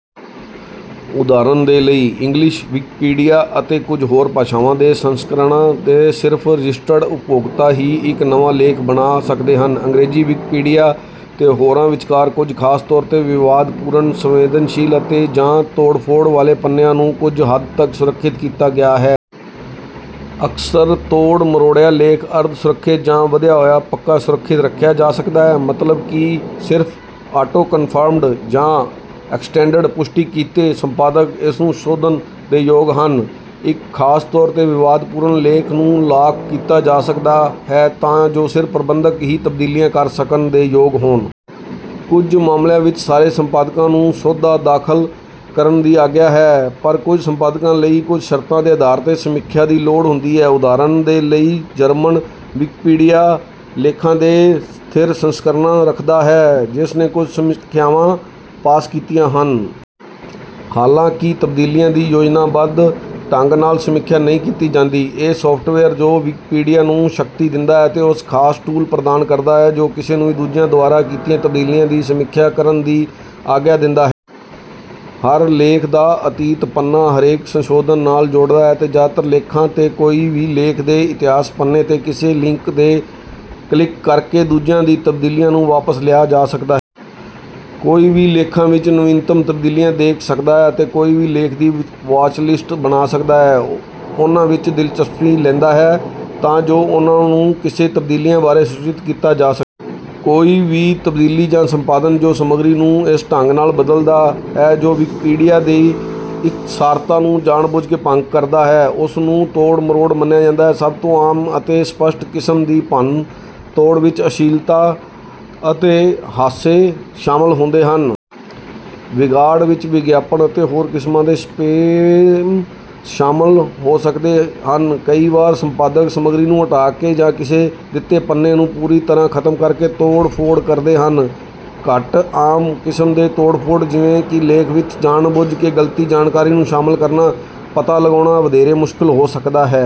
ਉਦਾਹਰਣ ਦੇ ਲਈ, ਇੰਗਲਿਸ਼ ਵਿਕੀਪੀਡੀਆ ਅਤੇ ਕੁਝ ਹੋਰ ਭਾਸ਼ਾਵਾਂ ਦੇ ਸੰਸਕਰਣਾਂ ਤੇ, ਸਿਰਫ ਰਜਿਸਟਰਡ ਉਪਭੋਗਤਾ ਹੀ ਇੱਕ ਨਵਾਂ ਲੇਖ ਬਣਾ ਸਕਦੇ ਹਨ। ਅੰਗ੍ਰੇਜ਼ੀ ਵਿਕੀਪੀਡੀਆ 'ਤੇ, ਹੋਰਾਂ ਵਿਚਕਾਰ, ਕੁਝ ਖਾਸ ਤੌਰ' ਤੇ ਵਿਵਾਦਪੂਰਨ, ਸੰਵੇਦਨਸ਼ੀਲ ਅਤੇ/ਜਾਂ ਤੋੜ-ਫੋੜ ਵਾਲੇ ਪੰਨਿਆਂ ਨੂੰ ਕੁਝ ਹੱਦ ਤਕ ਸੁਰੱਖਿਅਤ ਕੀਤਾ ਗਿਆ ਹੈ। ਅਕਸਰ ਤੋੜ-ਮਰੋੜਿਆ ਲੇਖ ਅਰਧ-ਸੁਰੱਖਿਅਤ ਜਾਂ ਵਧਿਆ ਹੋਇਆ ਪੱਕਾ ਸੁਰੱਖਿਅਤ ਰੱਖਿਆ ਜਾ ਸਕਦਾ ਹੈ, ਮਤਲਬ ਕਿ ਸਿਰਫ ਆਟੋਕਨਫਰਮਡ ਜਾਂ ਐਕਸਟੈਂਡਡ ਪੁਸ਼ਟੀ ਕੀਤੇ ਸੰਪਾਦਕ ਇਸ ਨੂੰ ਸੋਧਣ ਦੇ ਯੋਗ ਹਨ। ਇੱਕ ਖਾਸ ਤੌਰ 'ਤੇ ਵਿਵਾਦਪੂਰਨ ਲੇਖ ਨੂੰ ਲਾਕ ਕੀਤਾ ਜਾ ਸਕਦਾ ਹੈ ਤਾਂ ਜੋ ਸਿਰਫ ਪ੍ਰਬੰਧਕ ਹੀ ਤਬਦੀਲੀਆਂ ਕਰ ਸਕਣ ਦੇ ਯੋਗ ਹੋਣ। ਕੁਝ ਮਾਮਲਿਆਂ ਵਿੱਚ, ਸਾਰੇ ਸੰਪਾਦਕਾਂ ਨੂੰ ਸੋਧਾਂ ਦਾਖਲ ਕਰਨ ਦੀ ਆਗਿਆ ਹੈ, ਪਰ ਕੁਝ ਸੰਪਾਦਕਾਂ ਲਈ ਕੁਝ ਸ਼ਰਤਾਂ ਦੇ ਅਧਾਰ ਤੇ ਸਮੀਖਿਆ ਦੀ ਲੋੜ ਹੁੰਦੀ ਹੈ। ਉਦਾਹਰਣ ਦੇ ਲਈ, ਜਰਮਨ ਵਿਕੀਪੀਡੀਆ ਲੇਖਾਂ ਦੇ "ਸਥਿਰ ਸੰਸਕਰਣਾਂ" ਰੱਖਦਾ ਹੈ, ਜਿਸ ਨੇ ਕੁਝ ਸਮੀਖਿਆਵਾਂ ਪਾਸ ਕੀਤੀਆਂ ਹਨ। ਹਾਲਾਂਕਿ ਤਬਦੀਲੀਆਂ ਦੀ ਯੋਜਨਾਬੱਧ ਢੰਗ ਨਾਲ ਸਮੀਖਿਆ ਨਹੀਂ ਕੀਤੀ ਜਾਂਦੀ, ਇਹ ਸੌਫਟਵੇਅਰ ਜੋ ਵਿਕੀਪੀਡੀਆ ਨੂੰ ਸ਼ਕਤੀ ਦਿੰਦਾ ਹੈ ਕੁਝ ਖਾਸ ਟੂਲ ਪ੍ਰਦਾਨ ਕਰਦਾ ਹੈ ਜੋ ਕਿਸੇ ਨੂੰ ਵੀ ਦੂਜਿਆਂ ਦੁਆਰਾ ਕੀਤੀਆਂ ਤਬਦੀਲੀਆਂ ਦੀ ਸਮੀਖਿਆ ਕਰਨ ਦੀ ਆਗਿਆ ਦਿੰਦਾ ਹੈ। ਹਰ ਲੇਖ ਦਾ "ਅਤੀਤ" ਪੰਨਾ ਹਰੇਕ ਸੰਸ਼ੋਧਨ ਨਾਲ ਜੋੜਦਾ ਹੈ। ਜ਼ਿਆਦਾਤਰ ਲੇਖਾਂ 'ਤੇ, ਕੋਈ ਵੀ ਲੇਖ ਦੇ ਇਤਿਹਾਸ ਪੰਨੇ' ਤੇ ਕਿਸੇ ਲਿੰਕ ਤੇ ਕਲਿਕ ਕਰਕੇ ਦੂਜਿਆਂ ਦੀਆਂ ਤਬਦੀਲੀਆਂ ਨੂੰ ਵਾਪਸ ਲਿਆ ਸਕਦਾ ਹੈ। ਕੋਈ ਵੀ ਲੇਖਾਂ ਵਿਚ ਨਵੀਨਤਮ ਤਬਦੀਲੀਆਂ ਦੇਖ ਸਕਦਾ ਹੈ, ਅਤੇ ਕੋਈ ਵੀ ਲੇਖਾਂ ਦੀ "ਵਾਚਲਿਸਟ" ਬਣਾ ਸਕਦਾ ਹੈ ਜੋ ਉਨ੍ਹਾਂ ਵਿਚ ਦਿਲਚਸਪੀ ਲੈਂਦਾ ਹੈ ਤਾਂ ਜੋ ਉਨ੍ਹਾਂ ਨੂੰ ਕਿਸੇ ਤਬਦੀਲੀਆਂ ਬਾਰੇ ਸੂਚਿਤ ਕੀਤਾ ਜਾ ਸਕੇ। ਕੋਈ ਵੀ ਤਬਦੀਲੀ ਜਾਂ ਸੰਪਾਦਨ ਜੋ ਸਮੱਗਰੀ ਨੂੰ ਇਸ ਢੰਗ ਨਾਲ ਬਦਲਦਾ ਹੈ ਜੋ ਵਿਕੀਪੀਡੀਆ ਦੀ ਇਕਸਾਰਤਾ ਨੂੰ ਜਾਣਬੁੱਝ ਕੇ ਭੰਗ ਕਰਦਾ ਹੈ, ਉਸ ਨੂੰ ਤੋੜ-ਮਰੋੜ ਮੰਨਿਆ ਜਾਂਦਾ ਹੈ। ਸਭ ਤੋਂ ਆਮ ਅਤੇ ਸਪੱਸ਼ਟ ਕਿਸਮ ਦੀ ਭੰਨਤੋੜ ਵਿਚ ਅਸ਼ਲੀਲਤਾ ਅਤੇ ਹਾਸੇ ਸ਼ਾਮਲ ਹੁੰਦੇ ਹਨ। ਵਿਗਾੜ ਵਿੱਚ ਵਿਗਿਆਪਨ ਅਤੇ ਹੋਰ ਕਿਸਮਾਂ ਦੇ ਸਪੈਮ ਸ਼ਾਮਲ ਹੋ ਸਕਦੇ ਹਨ। ਕਈ ਵਾਰ ਸੰਪਾਦਕ ਸਮਗਰੀ ਨੂੰ ਹਟਾ ਕੇ ਜਾਂ ਕਿਸੇ ਦਿੱਤੇ ਪੰਨੇ ਨੂੰ ਪੂਰੀ ਤਰ੍ਹਾਂ ਖਤਮ ਕਰਕੇ ਤੋੜ-ਫੋੜ ਕਰਦੇ ਹਨ। ਘੱਟ ਆਮ ਕਿਸਮ ਦੀ ਤੋੜ-ਫੋੜ, ਜਿਵੇਂ ਕਿ ਲੇਖ ਵਿਚ ਜਾਣਬੁੱਝ ਕੇ ਗਲਤ ਜਾਣਕਾਰੀ ਨੂੰ ਸ਼ਾਮਲ ਕਰਨਾ, ਪਤਾ ਲਗਾਉਣਾ ਵਧੇਰੇ ਮੁਸ਼ਕਲ ਹੋ ਸਕਦਾ ਹੈ।